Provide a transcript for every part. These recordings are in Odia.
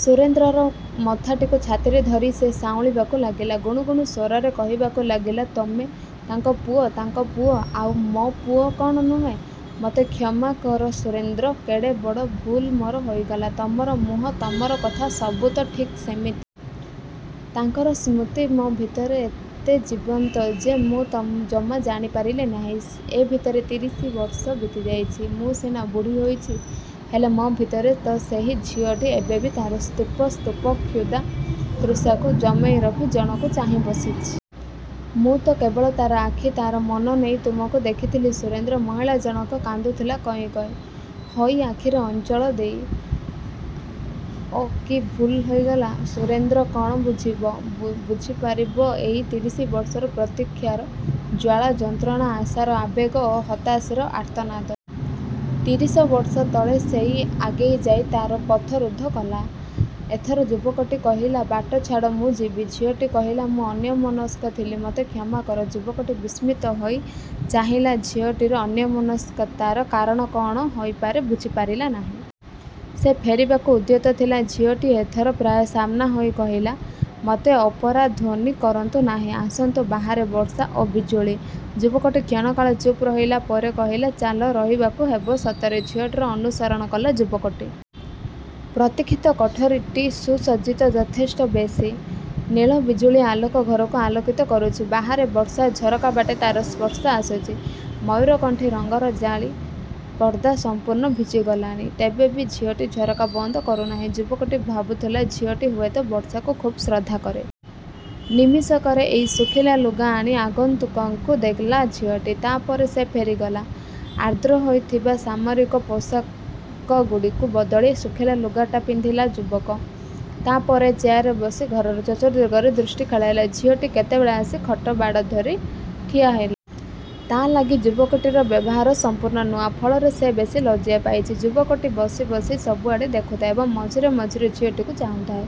ସୁରେନ୍ଦ୍ରର ମଥାଟିକୁ ଛାତିରେ ଧରି ସେ ସାଉଁଳିବାକୁ ଲାଗିଲା। ଗୁଣୁଗୁଣୁ ସ୍ୱରରେ କହିବାକୁ ଲାଗିଲା ତମେ ତାଙ୍କ ପୁଅ, ତାଙ୍କ ପୁଅ, ଆଉ ମୋ ପୁଅ କଣ ନୁହେଁ? ମତେ କ୍ଷମା କର ସୁରେନ୍ଦ୍ର, କେତେ ବଡ଼ ଭୁଲ ମୋର ହୋଇଗଲା। ତମର ମୁହଁ, ତମର କଥା ସବୁ ତ ଠିକ୍ ସେମିତି। ତାଙ୍କର ସ୍ମୃତି ମୋ ଭିତରେ ଏତେ ଜୀବନ୍ତ ଯେ ମୁଁ ଜମା ଜାଣି ପାରିଲି ନାହିଁ। ଏ ଭିତରେ ତିରିଶି ବର୍ଷ ବିତି ଯାଇଛି। ମୁଁ ସିନା ବୁଢ଼ୀ ହୋଇଛି, ହେଲେ ମୋ ଭିତରେ ତ ସେହି ଝିଅଟି ଏବେବି ତାର ସ୍ତୁପ ସ୍ତୁପ କ୍ଷୁଧା ତୃଷାକୁ ଜମେଇ ରଖି ଜଣକୁ ଚାହିଁ ବସିଛି। ମୁଁ ତ କେବଳ ତାର ଆଖି, ତାର ମନ ନେଇ ତମକୁ ଦେଖିଥିଲି ସୁରେନ୍ଦ୍ର। ମହିଳା ଜଣକ କାନ୍ଦୁଥିଲା କଇଁ କଇଁ ହୋଇ ଆଖିରେ ଅଞ୍ଚଳ ଦେଇ। ଓଃ, କି ଭୁଲ ହୋଇଗଲା। ସୁରେନ୍ଦ୍ର କଣ ବୁଝିବ, ବୁଝିପାରିବ ଏଇ ତିରିଶ ବର୍ଷର ପ୍ରତିକ୍ଷାର ଜ୍ଵାଳା, ଯନ୍ତ୍ରଣା ଆଶାର ଆବେଗ ଓ ହତାଶାର ଆର୍ତ୍ତନାଦ। ତିରିଶ ବର୍ଷ ତଳେ, ସେଇ ଆଗେଇ ଯାଇ ତାର ପଥ ରୁଦ୍ଧ କଲା। ଏଥର ଯୁବକଟି କହିଲା ବାଟ ଛାଡ଼, ମୁଁ ଯିବି। ଝିଅଟି କହିଲା ମୁଁ ଅନ୍ୟମନସ୍କ ଥିଲି ମତେ କ୍ଷମା କର। ଯୁବକଟି ବିସ୍ମିତ ହୋଇ ଚାହିଁଲା ଝିଅଟିର ଅନ୍ୟମନସ୍କତାର କାରଣ କଣ ହୋଇପାରେ ବୁଝିପାରିଲା ନାହିଁ। ସେ ଫେରିବାକୁ ଉଦ୍ୟତ ହେଲା। ଝିଅଟି ଏଥର ପ୍ରାୟ ସାମ୍ନା ହୋଇ କହିଲା, ମତେ ଅପରାଧ୍ଵନୀ କରନ୍ତୁ ନାହିଁ। ଆସନ୍ତୁ, ବାହାରେ ବର୍ଷା ଓ ବିଜୁଳି। ଯୁବକଟି କ୍ଷଣକାଳ ଚୁପ୍ ରହିଲା। ପରେ କହିଲା, ଚାଲ ରହିବାକୁ ହେବ ସତରେ। ଝିଅଟିର ଅନୁସରଣ କଲା ଯୁବକଟି। ପ୍ରତୀକ୍ଷିତ କୋଠରୀଟି ସୁସଜ୍ଜିତ, ଯଥେଷ୍ଟ ବେଶୀ। ନୀଳ ବିଜୁଳି ଆଲୋକ ଘରକୁ ଆଲୋକିତ କରୁଛି। ବାହାରେ ବର୍ଷା, ଝରକାବାଟେ ତାର ସ୍ପର୍ଶ ଆସୁଚି, ମୟୂରକଣ୍ଠୀ ରଙ୍ଗର ଜାଲି ପର୍ଦ୍ଦା ସମ୍ପୂର୍ଣ୍ଣ ଭିଜିଗଲାଣି। ତେବେ ବି ଝିଅଟି ଝରକା ବନ୍ଦ କରୁ ନାହିଁ। ଯୁବକଟି ଭାବୁଥିଲା ଝିଅଟି ହୁଏତ ବର୍ଷାକୁ ଖୁବ୍ ଶ୍ରଦ୍ଧା କରେ। ନିମିଷକରେ ଏକ ଶୁଖିଲା ଲୁଗା ଆଣି ଆଗନ୍ତୁକକୁ ଦେଲା ଝିଅଟି। ତା ପରେ ସେ ଫେରିଗଲା। ଆର୍ଦ୍ର ହୋଇଥିବା ସାମରିକ ପୋଷାକଗୁଡ଼ିକୁ ବଦଳି, ଶୁଖିଲା ଲୁଗାଟା ପିନ୍ଧିଲା ଯୁବକ। ତାପରେ ଚେୟାରରେ ବସି ଘରର ଚତୁର୍ଦ୍ଦିଗରେ ଦୃଷ୍ଟି ଖେଳାଇଲା। ଝିଅଟି କେତେବେଳେ ଆସି ଖଟ ବାଡ଼ ଧରି ଠିଆହେଲା। ତା ଲାଗି ଯୁବକଟିର ବ୍ୟବହାର ସମ୍ପୂର୍ଣ୍ଣ ନୂଆ, ଫଳରେ ସେ ବେଶି ଲଜ୍ଜା ପାଇଚି। ଯୁବକଟି ବସି ବସି ସବୁଆଡ଼େ ଦେଖୁଥାଏ ଏବଂ ମଝିରେ ମଝିରେ ଝିଅଟିକୁ ଚାହୁଁ ଥାଏ।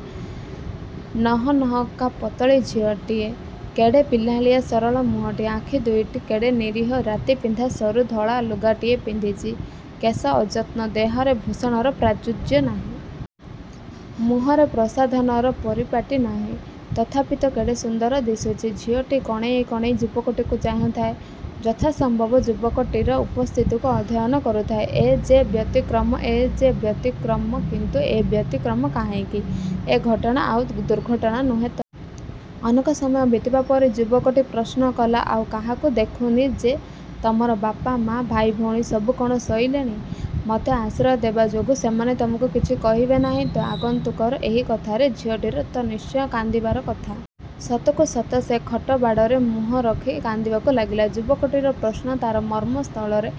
ନହନହକା ପାତଳୀ ଝିଅଟିଏ, କେଡ଼େ ପିଲାଳିଆ ସରଳ ମୁହଁଟି, ଆଖି ଦିଓଟି କେଡ଼େ ନିରୀହ ରାତିପିନ୍ଧା ସରୁ ଧଳା ଲୁଗାଟିଏ ପିନ୍ଧିଚି, କେଶ ଅଯତ୍ନ, ଦେହରେ ଭୂଷଣର ପ୍ରାଚୁର୍ଯ୍ୟ ନାହିଁ। ମୁହଁରେ ପ୍ରସାଧନର ପରିପାଟୀ ନାହିଁ। ତଥାପି ତ କେଡ଼େସୁନ୍ଦର ଦିଶୁଚି। ଝିଅଟି କଣେଇ କଣେଇ ଯୁବକଟିକୁ ଚାହୁଁଥାଏ। ଯଥାସମ୍ଭବ ଯୁବକଟିର ଉପସ୍ଥିତକୁ ଅଧ୍ୟୟନ କରୁଥାଏ। ଏ ଯେ ବ୍ୟତିକ୍ରମ, ଏ ଯେ ବ୍ୟତିକ୍ରମ କିନ୍ତୁ ଏ ବ୍ୟତିକ୍ରମ କାହିଁକି? ଏ ଘଟଣା ଆଉ ଦୁର୍ଘଟଣା ନୁହେଁ ତ? ଅନେକ ସମୟ ବିତିବା ପରେ ଯୁବକଟି ପ୍ରଶ୍ନ କଲା ଆଉ କାହାକୁ ଦେଖୁନି ଯେ ତମର ବାପା, ମା, ଭାଇଭଉଣୀ ସବୁ କଣ ଶୋଇଲେଣି? ମତେ ଆଶ୍ରୟ ଦେବାଯୋଗୁଁ ସେମାନେ ତମକୁ କିଛି କହିବେ ନାହିଁ ତ? ଆଗନ୍ତୁକର ଏହି କଥାରେ ଝିଅଟିର ତ ନିଶ୍ଚୟ କାନ୍ଦିବାର କଥା। ସତକୁ ସତ ସେ ଖଟ ବାଡ଼ରେ ମୁହଁ ରଖି କାନ୍ଦିବାକୁ ଲାଗିଲା। ଯୁବକଟିର ପ୍ରଶ୍ନ ତାର ମର୍ମ ସ୍ଥଳରେ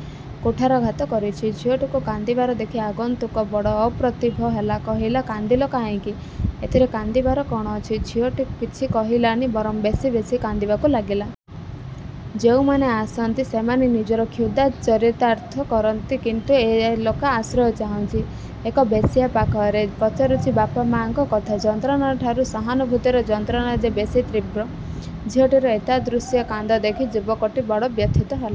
କୁଠାରାଘାତ କରିଚି। ଝିଅଟିକୁ କାନ୍ଦିବାର ଦେଖି ଆଗନ୍ତୁକ ବଡ଼ ଅପ୍ରତିଭ ହେଲା, କହିଲା କାନ୍ଦିଲ କାହିଁକି? ଏଥିରେ କାନ୍ଦିବାର କଣ ଅଛି? ଝିଅଟି କିଛି କହିଲାନି ବରଂ ବେଶୀ ବେଶୀ କାନ୍ଦିବାକୁ ଲାଗିଲା। ଯେଉଁମାନେ ଆସନ୍ତି ସେମାନେ ନିଜର କ୍ଷୁଧା ଚରିତାର୍ଥ କରନ୍ତି କିନ୍ତୁ ଏ ଲୋକ ଆଶ୍ରୟ ଚାହୁଁଛି, ଏକ ବେଶ୍ୟା ପାଖରେ। ପଚାରୁଛି ବାପା, ମା ଙ୍କ କଥା। ଯନ୍ତ୍ରଣାଠାରୁ ସହନୁଭୂତିର ଯନ୍ତ୍ରଣା ଯେ ବେଶୀ ତୀବ୍ର। ଝିଅଟିର ଏତାଦୃଶ କାନ୍ଦ ଦେଖି ଯୁବକଟି ବଡ଼ ବ୍ୟଥିତ ହେଲା।